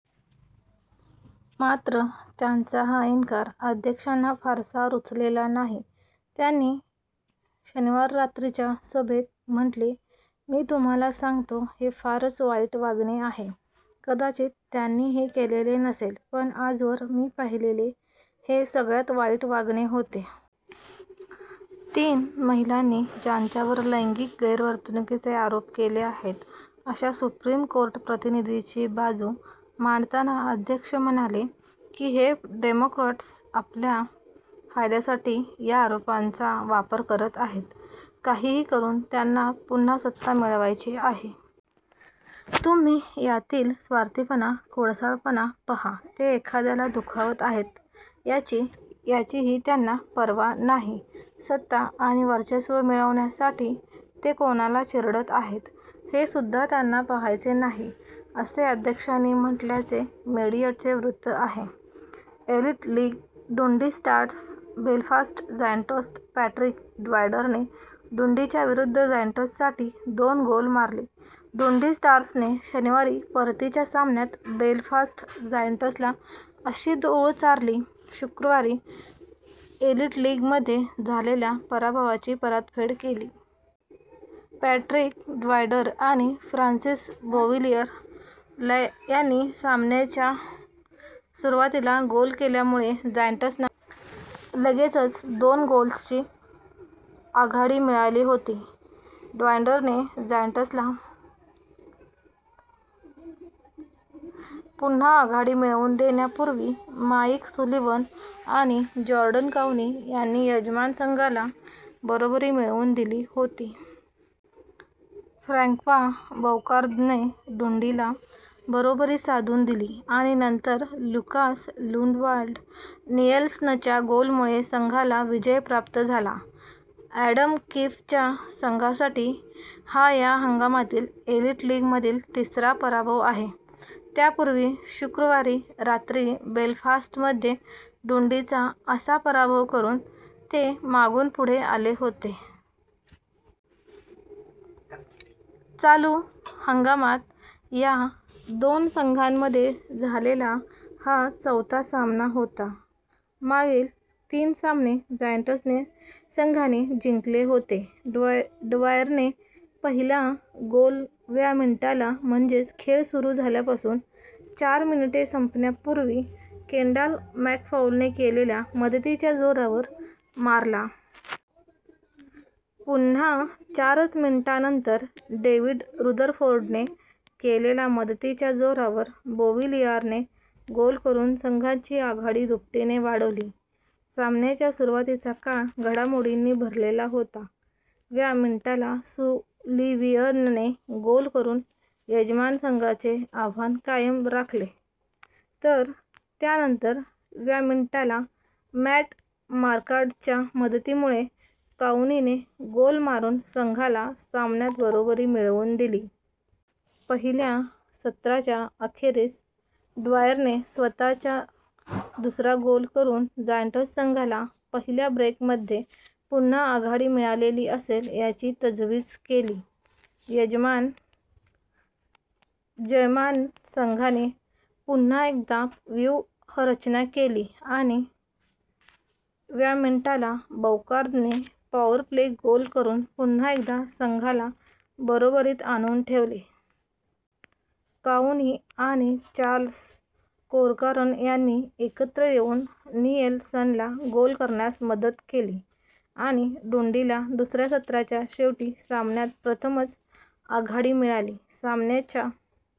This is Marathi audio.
मात्र, त्यांचा हा इन्कार अध्यक्षांना फारसा रुचलेला नाही. त्यांनी शनिवार रात्रीच्या सभेत म्हटले, "मी तुम्हाला सांगतो, हे फारच वाईट वागणे आहे. " कदाचित त्यांनी हे केलेले नसेल पण आजवर मी पाहिलेले हे सगळ्यात वाईट वागणे होते. " तीन महिलांनी ज्यांच्यावर लैंगिक गैरवर्तणुकीचे आरोप केले आहेत अशा सुप्रीम कोर्ट प्रतिनिधीची बाजू मांडताना अध्यक्ष म्हणाले की हे डेमोक्रॅट्स आपल्या फायद्यासाठी या आरोपांचा वापर करत आहेत. काहीही करून त्यांना पुन्हा सत्ता मिळवायची आहे. तुम्ही यातील स्वार्थीपणा, खोडसाळपणा पहा, ते एखाद्याला दुखावत आहेत, याचीही त्यांना पर्वा नाही, सत्ता आणि वर्चस्व मिळवण्यासाठी ते कोणाला चिरडत आहेत, हेसुद्धा त्यांना पहायचे नाही," असे अध्यक्षांनी म्हटल्याचे मेडिएटचे वृत्त आहे. Elite League: Dundee Stars Belfast Giants Patrick ड्वायरने डुंडीच्या विरुद्ध जायंट्ससाठी दोन गोल मारले डुंडी स्टार्सने शनिवारी परतीच्या सामन्यात बेलफास्ट जायंट्सला अशी धूळ चारून शुक्रवारी एलीट लीगमध्ये झालेल्या पराभवाची परतफेड केली. पॅट्रिक ड्वायर आणि फ्रान्सिस बोविलीअर यांनी सामन्याच्या सुरुवातीला गोल केल्यामुळे जायंट्सना लगेचच दोन गोल्सची आघाडी मिळाली होती. ड्वायरने जायंट्सला पुन्हा आघाडी मिळवून देण्यापूर्वी माइक सुलीवन आणि जॉर्डन काउनी यांनी यजमान संघाला बरोबरी मिळवून दिली होती. फ्रँक्वा बौकार्दने डुंडीला बरोबरी साधून दिली आणि नंतर ल्युकास लुंडवाल्ड निएल्सनच्या गोलमुळे संघाला विजय प्राप्त झाला. अॅडम कीफच्या संघासाठी हा या हंगामातील एलीट लीगमधील तिसरा पराभव आहे. त्यापूर्वी शुक्रवारी रात्री बेलफास्टमध्ये डुंडीचा असा पराभव करून ते मागून पुढे आले होते. चालू हंगामात या दोन संघांमध्ये झालेला हा चौथा सामना होता. मागील तीन सामने जायंट्स संघाने जिंकले होते. ड्वायरने पहिला गोल व्या मिनिटाला म्हणजेच खेळ सुरू झाल्यापासून चार मिनिटे संपण्यापूर्वी केंडाल मॅकफाउलने केलेल्या मदतीच्या जोरावर मारला. पुन्हा चारच मिनिटांनंतर डेव्हिड रुदरफोर्डने केलेल्या मदतीच्या जोरावर बोविलीआरने गोल करून संघाची आघाडी दुपटीने वाढवली. सामन्याचा सुरुवातीचा काळ घडामोडींनी भरलेला होता.: व्या मिनिटाला सुलिवीअनने गोल करून यजमान संघाचे आव्हान कायम राखले, तर त्यानंतर: व्या मिनिटाला मॅट मार्कार्ड्टच्या मदतीमुळे काउनीने गोल मारून संघाला सामन्यात बरोबरी मिळवून दिली. पहिल्या सत्राच्या अखेरीस ड्वायरने स्वत:चा दुसरा गोल करून जायंट्स संघाला पहिल्या ब्रेकमध्ये पुन्हा आघाडी मिळालेली असेल याची तजवीज केली. "जयमान संघाने पुन्हा एकदा व्यूहरचना केली आणि: व्या मिनिटाला बौकार्दने पॉवर प्ले गोल करून पुन्हा एकदा संघाला बरोबरीत आणून ठेवले. " काउनी आणि चार्ल्स कोरकारन यांनी एकत्र येऊन नीएलसनला गोल करण्यास मदत केली आणि डुंडीला दुसऱ्या सत्राच्या शेवटी सामन्यात प्रथमच आघाडी मिळाली. सामन्याच्या